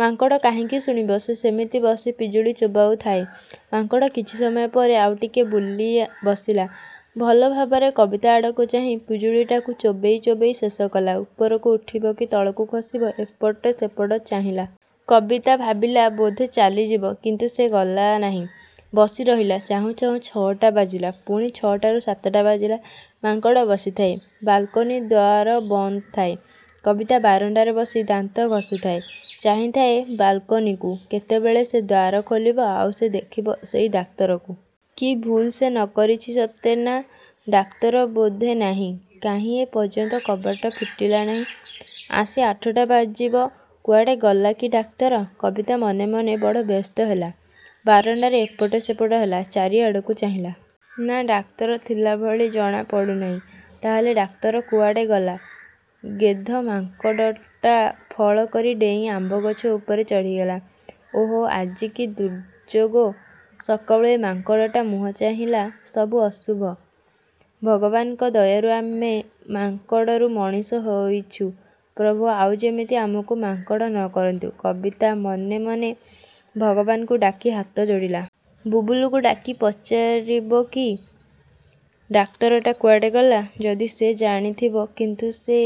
ମାଙ୍କଡ଼ କାହିଁକି ଶୁଣିବ? ସେ ସେମିତି ବସି ପିଜୁଳି ଚୋବାଉଥାଏ। ମାଙ୍କଡ଼ କିଛି ସମୟ ପରେ ଆଉଟିକେ ବୁଲି ବସିଲା। ଭଲ ଭାବରେ କବିତା ଆଡ଼କୁ ଚାହିଁ ପିଜୁଳିଟାକୁ ଚୋବେଇ ଚୋବେଇ ଶେଷ କଲା। ଉପରକୁ ଉଠିବ କି ତଳକୁ ଖସିବ, ଏପଟ ସେପଟ ଚାହିଁଲା। କବିତା ଭାବିଲା ବୋଧେ ଚାଲିଯିବ। କିନ୍ତୁ ସେ ଗଲା ନାହିଁ। ବସି ରହିଲା। ଚାହୁଁ ଚାହୁଁ ଛଅଟା ବାଜିଲା। ପୁଣି ଛଅଟାରୁ ସାତଟା ବାଜିଲା। ମାଙ୍କଡ଼ ବସିଥାଏ। ବାଲ୍କୋନି ଦ୍ୱାର ବନ୍ଦଥାଏ। କବିତା ବାରଣ୍ଡାରେ ବସି ଦାନ୍ତ ଘଷୁଥାଏ, ଚାହିଁଥାଏ ବାଲକୋନିକୁ। କେତେବେଳେ ସେ ଦ୍ୱାର ଖୋଲିବ, ଆଉ ସେ ଦେଖିବ ସେହି ଡାକ୍ତରକୁ। କି ଭୁଲ୍ ସେ ନ କରିଛି ସତେ ନାଁ, ଡାକ୍ତର ବୋଧେ ନାହିଁ। କାହିଁ ଏ। ପର୍ଯ୍ୟନ୍ତ କବାଟ ଫିଟିଲା ନାହିଁ। ଆସି ଆଠଟା ବାଜିବ। କୁଆଡ଼େ ଗଲା କି ଡାକ୍ତର? କବିତା ମନେ ମନେ ବଡ଼ ବ୍ୟସ୍ତ ହେଲା। ବାରଣ୍ଡାରେ ଏପଟ ସେପଟ ହେଲା, ଚାରିଆଡ଼କୁ ଚାହିଁଲା। ନାଁ ଡାକ୍ତର ଥିଲାଭଳି ଜଣା ପଡ଼ୁନାହିଁ। ତା'ହେଲେ ଡାକ୍ତର କୁଆଡ଼େ ଗଲା? ଗେଧମାଙ୍କଡ଼ଟା ଫକ କରି ଡେଇଁ ଆମ୍ୱ ଗଛ ଉପରେ ଚଢ଼ିଗଲା। ଓଃ ଆଜି କି ଦୁର୍ଯ୍ୟୋଗ! ସକାଳୁ ଏ ମାଙ୍କଡ଼ଟା ମୁହଁ ଚାହିଁଲା। ସବୁ ଅଶୁଭ, ଭଗବାନଙ୍କ ଦୟାରୁ ଆମେ ମାଙ୍କଡ଼ରୁ ମଣିଷ ହୋଇଛୁ; ପ୍ରଭୁ ଆଉ ଯେମିତି ଆମକୁ ମାଙ୍କଡ଼ ନ କରନ୍ତୁ, କବିତା ମନେ ମନେ ଭଗବାନକୁ ଡାକି ହାତ ଯୋଡ଼ିଲା। ବୁବୁଲୁକୁ ଡାକି ପଚାରିବ କି; ଡାକ୍ତରଟା କୁଆଡ଼େ ଗଲା–ଯଦି ସେ ଜାଣିଥିବ। କିନ୍ତୁ ସେ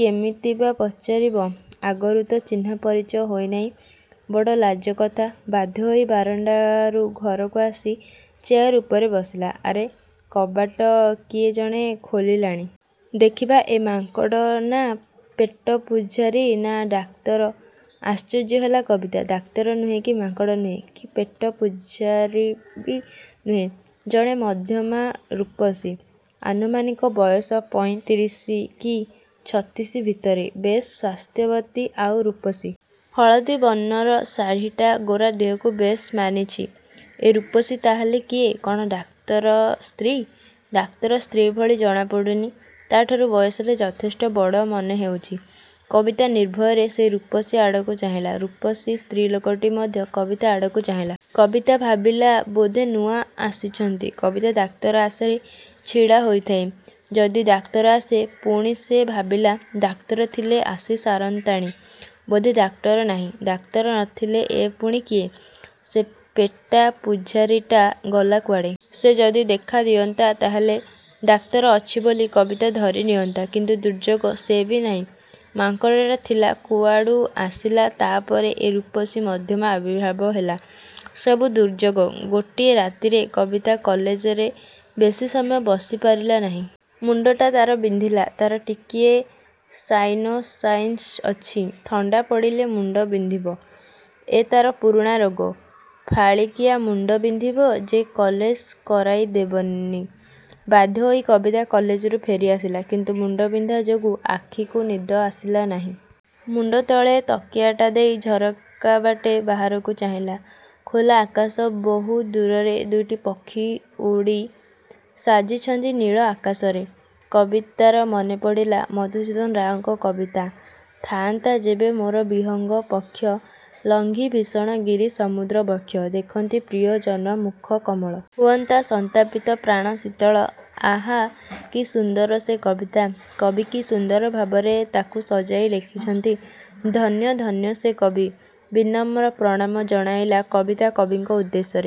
କେମିତି ବା ପଚାରିବ। ଆଗରୁ ତ ଚିହ୍ନା ପରିଚୟ ହୋଇନାହିଁ, ବଡ଼ ଲାଜ କଥା। ବାଧ୍ୟ ହୋଇ ବାରଣ୍ଡାରୁ ଘରକୁ ଆସି ଚେୟାର ଉପରେ ବସିଲା। ଆରେ କବାଟ କିଏ ଜଣେ ଖୋଲିଲାଣି। ଦେଖିବା ଏ ମାଙ୍କଡ଼ ନା, ପେଟ ପୂଝାରୀ, ନା ଡାକ୍ତର। ଆଶ୍ଚର୍ଯ୍ୟ ହେଲା କବିତା। ଡାକ୍ତର ନୁହେଁ, କି ମାଙ୍କଡ଼ ନୁହେଁ, କି ପେଟ ପୂଝାରୀ ବି ନୁହେଁ। ଜଣେ ମଧ୍ୟମା ରୂପସୀ। ଆନୁମାନିକ ବୟସ ପଇଁତିରିଶି, କି ଛତିଶି ଭିତରେ। ବେଶ୍ ସ୍ୱାସ୍ଥ୍ୟବତୀ। ଆଉ ରୂପସୀ। ହଳଦୀ ବର୍ଣ୍ଣର ଶାଢ଼ୀଟା ଗୋରା ଦେହକୁ ବେଶ୍ ମାନିଛି। ଏ ରୂପସୀ ତା'ହେଲେ କିଏ? କ'ଣ ଡାକ୍ତର ସ୍ତ୍ରୀ? ଡାକ୍ତର ସ୍ତ୍ରୀ ଭଳି ଜଣା ପଡ଼ୁନି। ତା'ଠାରୁ ବୟସରେ ଯଥେଷ୍ଟ ବଡ଼ ମନେ ହେଉଛି। କବିତା ନିର୍ଭୟରେ ସେହି ରୂପସୀ ଆଡ଼କୁ ଚାହିଁଲା। ରୂପସୀ ସ୍ତ୍ରୀ ଲୋକଟି ମଧ୍ୟ କବିତା ଆଡ଼କୁ ଚାହିଁଲା। କବିତା ଭାବିଲା, ବୋଧେ ନୂଆ ଆସିଛନ୍ତି। କବିତା ଡାକ୍ତର ଆଶାରେ ଛିଡ଼ା ହୋଇଥାଏ। ଯଦି ଡାକ୍ତର ଆସେ। ପୁଣି ସେ ଭାବିଲା, ଡାକ୍ତର ଥିଲେ ଆସି ସାରନ୍ତାଣି। ବୋଧେ ଡାକ୍ତର ନାହିଁ। ଡାକ୍ତର ନ ଥିଲେ ଏ ପୁଣି କିଏ? ସେ ପେଟା ପୂଝାରୀଟା ଗଲା କୁଆଡ଼େ? ସେ ଯଦି ଦେଖା ଦିଅନ୍ତା ତା'ହେଲେ ଡାକ୍ତର ଅଛି ବୋଲି କବିତା ଧରି ନିଅନ୍ତା। କିନ୍ତୁ ଦୁର୍ଯ୍ୟୋଗ ସେ ବି ନାହିଁ। ମାଙ୍କଡ଼ଟା ଥିଲା କୁଆଡ଼ୁ ଆସିଲା ତା'ପରେ ଏ ରୂପସୀ ମଧ୍ୟମା ଆବିର୍ଭାବ ହେଲା। ସବୁ ଦୁର୍ଯ୍ୟୋଗ। ଗୋଟିଏ ରାତିରେ। କବିତା କଲେଜରେ ବେଶି ସମୟ ବସି ପାରିଲାନାହିଁ। ମୁଣ୍ଡଟା ତା'ର ବିନ୍ଧିଲା। ତା'ର ଟିକିଏ ସାଇନୋସାଇଟ୍ସ ଅଛି। ଥଣ୍ଡା ପଡ଼ିଲେ ମୁଣ୍ଡ ବିନ୍ଧିବ। ଏ ତା'ର ପୁରୁଣା ରୋଗ। ଫାଳିକିଆ ମୁଣ୍ଡ ବିନ୍ଧିବ ଯେ କଲେଜ କରାଇ ଦେବନି। ବାଧ୍ୟ ହୋଇ କବିତା କଲେଜରୁ ଫେରି ଆସିଲା। କିନ୍ତୁ ମୁଣ୍ଡବିନ୍ଧା ଯୋଗୁ ଆଖିକୁ ନିଦ ଆସିଲା ନାହିଁ। ମୁଣ୍ଡତଳେ ତକିଆଟା ଦେଇ ଝରକା ବାଟେ ବାହାରକୁ ଚାହିଁଲା। ଖୋଲା ଆକାଶ ବହୁ ଦୂରରେ ଦୁଇଟି ପକ୍ଷୀ ଉଡ଼ି ସାଜିଛନ୍ତି ନୀଳ ଆକାଶରେ। କବିତାର ମନେପଡ଼ିଲା ମଧୁସୂଦନ ରାଓଙ୍କ କବିତା- 'ଥା'ନ୍ତା ଯେବେ ମୋର ବିହଙ୍ଗ ପକ୍ଷ' ଲଙ୍ଘି ଭୀଷଣ ଗିରି ସମୁଦ୍ର ବକ୍ଷ। ଦେଖନ୍ତି ପ୍ରିୟଜନ ମୁଖ କମଳ। ହୁଅନ୍ତା ସନ୍ତାପିତ ପ୍ରାଣ ଶୀତଳ। ଆହାଃ। କି ସୁନ୍ଦର ସେ କବିତା। କବି କି ସୁନ୍ଦର ଭାବରେ ତା'କୁ ସଜାଇ ଲେଖିଛନ୍ତି। ଧନ୍ୟ ଧନ୍ୟ ସେ କବି। ବିନମ୍ର ପ୍ରଣାମ ଜଣାଇଲା କବିତା କବିଙ୍କ ଉଦ୍ଦେଶ୍ୟରେ।